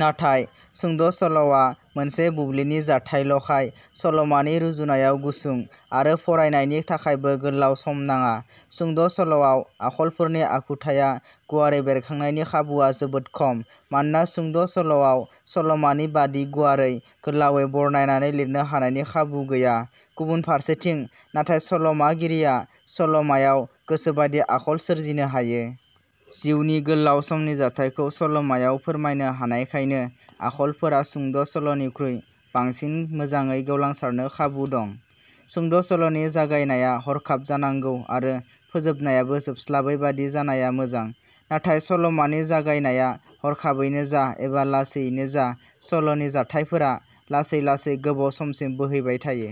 नाथाय सुंद' सल'आ मोनसे बुब्लिनि जाथाइल 'खाय सलमानि रुजुनायाव गुसुं आरो फरायनायनि थाखायबो गोलाव सम नांङा। सुंद' सल'आव आखलफोरनि आखुथाइया गुवारै बेरखांनायनि खाबुवा जोबोद खम, मानोना सुंद' सल'आव सल'मानि बादि गुवारै, गोलावै बरनायनानै लिरनो हानायनि खाबु गैया, गुबुन फारसेथिं नाथाय 'सल' मागिरिया सल 'मायाव गोसोबादि आखल सोरजिनो हायो। जिउनि गोलाउ समनि जाथायखौ सल 'मायाव फोरमायनो हानायखायनो आखलफोरा सुंद' सल 'निख्रुइ बांसिन मोजांङै गेवलांसारनो खाबु दं। सुंद' सल 'नि जागायनाया हरखाब जानांगौ आरो फोजोबनायाबो जोबस्लाबै बादि जानाया मोजां, नाथाय सल'मानि जागायनाया हरखाबैनो जा एबा लासैयैनो जा सल'नि जाथायफोरा लासै लासै गोबाव समसिम बोहैबाय थायो।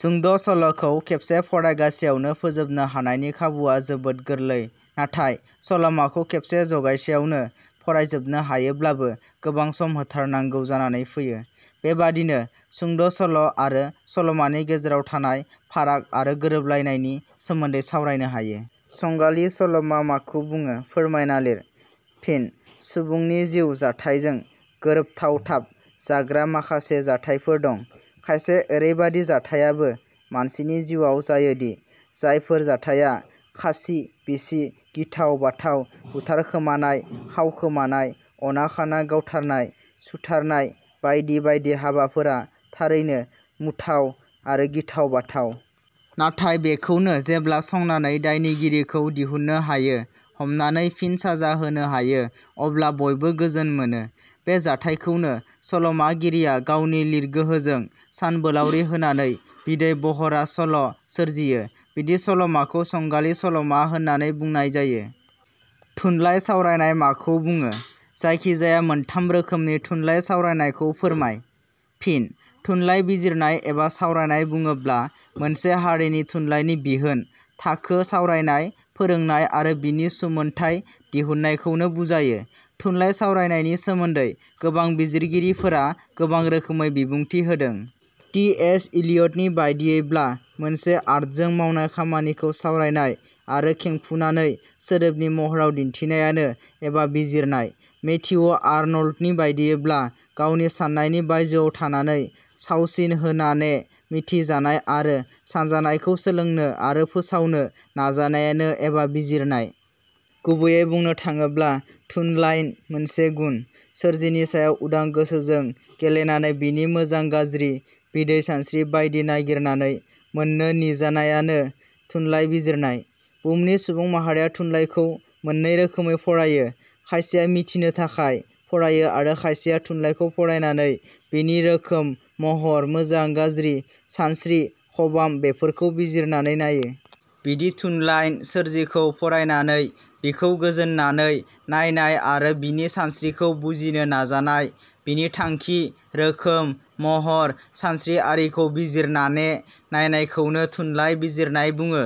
सुंद 'सल 'खौ खेबसे फरायगासेयावनो फोजोबनो हानायनि खाबुवा जोबोद गोरलै नाथाय सल 'माखौ खेबसे जगासेयावनो फरायजोबनो हायोब्लाबो गोबां सम होथारनांगौ जानानै फैयो। बेबादिनो सुंद' सल' आरो सल'मानि गेजेराव थानाय फाराग आरो गोरोबलायनायनि सोमोन्दै सावरायनो हायो। संगालि सल 'मा माखौ बुंङो फोरमायना लिर। फिन: सुबुंनि जिउ जाथाइजों गोरोबथावथाब जाग्रा माखासे जाथाइफोर दं। खायसे एरैबादि जाथाइयाबो मानसिनि जिउवाव जायोदि जायफोर जाथाइया खासि – बिसि गिथाव-बाथाव, बुथारखोमानाय, खावखोमानाय, अना-खाना गावथारनाय सुथारनाय बायदि बायदि हाबाफोरा थारैनो मुथाव आरो गिथाव-बाथाव। नाथाय बेखौनो जेब्ला संनानै दायनिगिरिखौ दिहुननो हायो, हमनानै फिन साजा होनो हायो अब्ला बयबो गोजोन मोनो। बे जाथायखौनो सल'मागिरिया गावनि लिरगोहोजों सानबोलाउरि होनानै बिदै बहरा सल' सोरजियो, बिदि सल 'माखौ संगालि सल'मा होननानै बुंनाय जायो। थुनलाइ सावरायनाय माखौ बुंङो? जायखि-जाया मोनथाम रोखोमनि थुनलाइ सावरायनायखौ फोरमाय। फिन: थुनलाइ बिजिरनाय एबा सावरायनाय बुंङोब्ला मोनसे हारिनि थुनलाइनि बिहोन, थाखो, सावरायनाय, फोरोंनाय आरो बिनि सुमोनथाइ दिहुननायखौनो बुजायो। थुनलाइ सावरायनायनि सोमोन्दै गोबां बिजिरगिरिफोरा गोबां रोखोमै बिबुंथि होदों। टि. एस. इलियटनि बादियैब्ला मोनसे आर्टजों मावनाय खामानिखौ सावरायनाय आरो खेंफुनानै सोदोबनि महराव दिन्थिनायानो '' एबा बिजिरनाय। मेथिउ आरनल्डनि बादियैब्ला "गावनि साननायनि बायजोआव थानानै सावसिन होननाने मिथिजानाय आरो सानजानायखौ सोलोंनो आरो फोसावनो नाजानायानो एबा बिजिरनाय"। गुबैयै बुंनो थांङोब्ला थुनलाइन मोनसे गुन, सोरजिनि सायाव उदां गोसोजों गेलेनानै बिनि मोजां-गाज्रि बिदै सानस्रि बायदि नागिरनानै मोननो निजानायानो थुनलाइ बिजिरनाय। बुहुमनि सुबुं माहारिया थुनलाइखौ मोननै रोखोमै फरायो। खायसेया मिथिनो थाखाय फरायो आरो खायसेया थुनलाइखौ फरायनानै बिनि रोखोम, महर, मोजां गाज्रि सानस्रि, खबाम बेफोरखौ बिजिरनानै नायो। बिदि थुनलाइन सोरजिखौ फरायनानै बिखौ गोजोननानै नायनाय आरो बिनि सानस्रिखौ बुजिनो नाजानाय, बिनि थांखि, रोखोम, महर, सानस्रि आरिखौ बिजिरनाने नायनायखौनो थुनलाइ बिजिरनाय बुंङो।